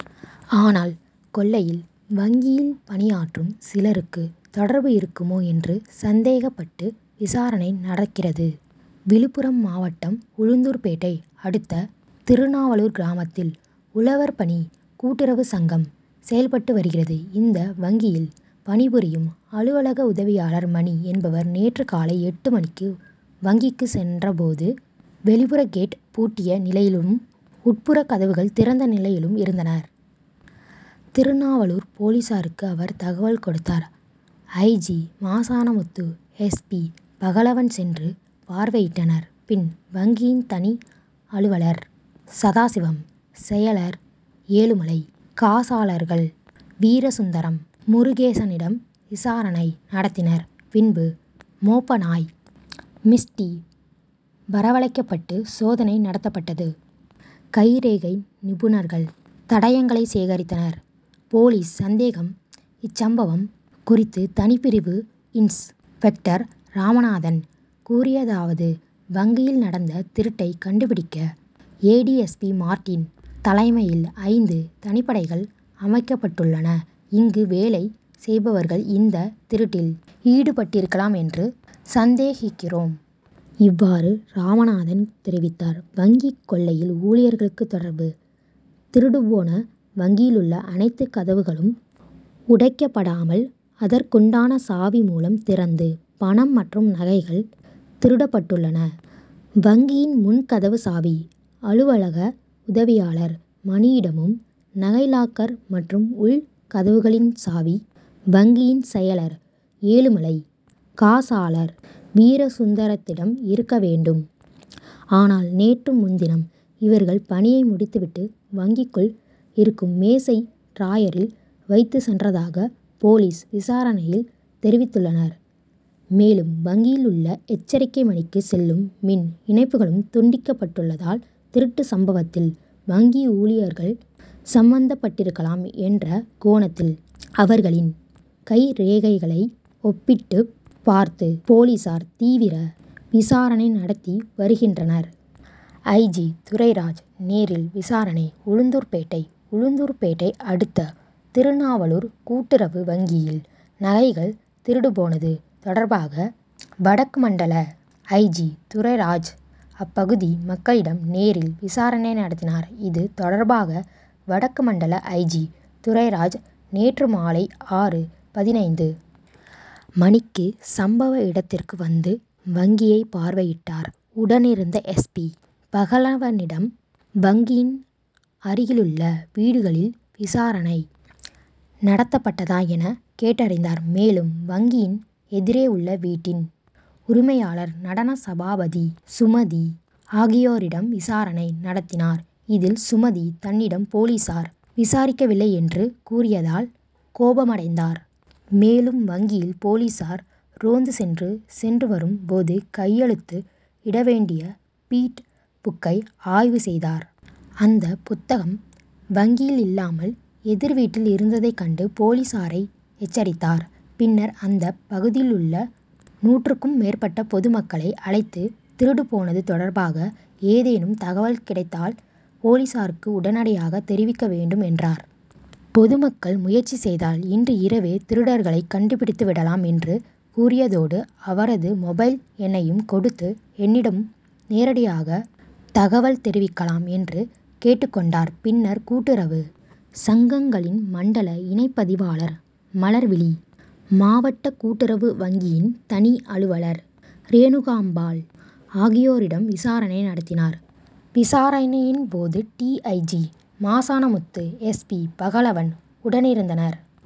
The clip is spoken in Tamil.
ஆனால், கொள்ளையில் வங்கியில் பணியாற்றும் சிலருக்கு தொடர்பு இருக்குமோ என்று சந் தேகப்பட்டு விசாரணை நடக் கிறது. விழுப்புரம் மாவட்டம் உளுந் தூர்பேட்டை அடுத்த திருநாவலூர் கிராமத்தில் உழவர் பணி கூட்டுறவு சங்கம் செயல்பட்டு வருகிறது. இந்த வங்கியில் பணிபுரியும் அலுவலக உதவியாளர் மணி என்பவர் நேற்று காலை எட்டு மணிக்கு வங்கிக்கு சென்றபோது, வெளிப்புற கேட் பூட்டிய நிலையிலும், உட்புற கதவுகள் திறந்த நிலையிலும் இருந்தன. திருநாவலூர் போலீசாருக்கு அவர் தகவல் கொடுத்தார். I. G., Masanamuthu, S. P., Pagalavan சென்று பார்வையிட்டனர். பின், வங்கியின் தனி அலுவலர் சதாசிவம், செயலர் ஏழுமலை, காசாளர்கள் வீரசுந்தரம், முருகேசனிடம் விசாரணை நடத்தினர். பின்பு மோப்ப நாய் மிஸ்டி வரவழைக்கப்பட்டு சோதனை நடத் தப்பட்டது. கைரேகை நிபுணர் கள் தடயங்களை சேகரித்தனர். போலீஸ் சந்தேகம் இச்சம்பவம் குறித்து தனிப்பிரிவு இன்ஸ் பெக் டர் ராமநாதன் கூறியதாவது: வங்கியில் நடந்த திருட்டை கண்டுபிடிக்க A. D. S. P., Martin தலைமையில் ஐந்து தனிப்படைகள் அமைக்கப்பட்டுள்ளன. இங்கு வேலை செய்பவர்கள் இந்த திருட்டில் ஈடுபட்டிருக்கலாம் என்று சந்தேகிக்கிறோம். இவ் வாறு ராமநாதன் தெரிவித்தார். வங்கி கொள்ளையில் ஊழியர்களுக்கு தொடர்பு? திருடுபோன வங்கியில் உள்ள அனைத்து கதவுகளும் உடைக்கப்படாமல் அதற்குண்டான சாவி மூலம் திறந்து, பணம் மற்றும் நகைகள் திருடப்பட்டுள்ளன. வங்கியின் முன் கதவு சாவி அலுவலக உதவியாளர் மணியிடமும், நகை லாக்கர் மற்றும் உள் கதவுகளின் சாவி, வங்கியின் செயலர் ஏழுமலை, காசாளர் வீரசுந்தரத்திடம் இருக்க வேண்டும். ஆனால் நேற்று முன்தினம் இவர்கள் பணியை முடித்துவிட்டு, வங்கிக்குள் இருக்கும் மேஜை டிராயரில் வைத்துச் சென்றதாக போலீஸ் விசாரணையில் தெரிவித்துள்ளனர். மேலும், வங்கியில் உள்ள எச்சரிக்கை மணிக்கு செல்லும் மின் இணைப்புகளும் துண்டிக்கப்பட் டுள்ளதால், திருட்டு சம்பவத்தில் வங்கி ஊழியர்கள் சம்பந்தப்பட்டிருக்கலாம் என்ற கோணத் தில், அவர்களின் கைரேகைகளை ஒப்பிட்டுப் பார்த்து போலீசார் தீவிர விசாரணை நடத்தி வருகின்றனர். ஐ. ஜி., துரைராஜ் நேரில் விசாரணை உளுந்தூர்பேட்டை உளுந்தூர்பேட்டை அடுத்த திருநாவலூர் கூட்டுறவு வங்கியில் நகைகள் திருடு போனது தொடர்பாக வடக்கு மண்டல ஐ. ஜி., துரைராஜ் அப்பகுதி மக்களிடம் நேரில் விசாரணை நடத்தினார். இது தொடர்பாக வடக்கு மண்டல ஐ. ஜி., துரைராஜ் நேற்று மாலை ஆறு.பதினைந்து மணிக்கு சம்பவ இடத் திற்கு வந்து வங்கியை பார்வையிட்டார். உடனிருந்த எஸ். பி. பகவலனிடம் வங்கியின் அருகிலுள்ள வீடுகளில் விசாரணை நடத்தப்பட்டதா என கேட்டறிந்தார். மேலும் வங்கியின் எதிரே உள்ள வீட்டின் உரிமையாளர் நடன சபாபதி, சுமதி ஆகியோரிடம் விசாரணை நடத்தினார். இதில் சுமதி தன்னிடம் போலீசார் விசாரிக்கவில்லை என்று கூறியதால் கோபமடைந்தார். மேலும் வங்கியில் போலீசார் ரோந்து சென்று சென்று வரும் போது கையெழுத்து இடவேண்டிய பீட் புக்கை ஆய்வு செய்தார். அந்த புத்தகம் வங்கியில் இல்லாமல் எதிர் வீட்டில் இருந்ததை கண்டு போலீசாரை எச்சரித்தார். பின்னர் அந்தப் பகுதியிலுள்ள நூற்றுக்கும் மேற்பட்ட பொது மக்களை அழைத்து திருடு போனது தொடர் பாக ஏதேனும் தகவல் கிடைத்தால் போலீசாருக்கு உடனடியாக தெரிவிக்க வேண்டும் என்றார். பொதுமக்கள் முயற்சி செய்தால் இன்று இரவே திருடர்களை கண்டுபிடித்து விடலாம் என்று கூறியதோடு, அவரது மொபைல் எண்ணையும் கொடுத்து என்னிடமும் நேரடியாக தகவல் தெரிவிக்கலாம் என்று கேட்டுக் கொண்டார். பின்னர் கூட்டுறவு சங்கங்களின் மண்டல இணைப்பதிவாளர் மலர் விழி, மாவட்ட கூட்டுறவு வங்கியின் தனி அலுவலர் ரேணுகாம்பாள் ஆகியோரிடம் விசாரணை நடத்தினார். விசாரணையின் போது டி. ஐ. G., Masanamuthu, S. பி.பகலவன் உடனிருந்தனர்.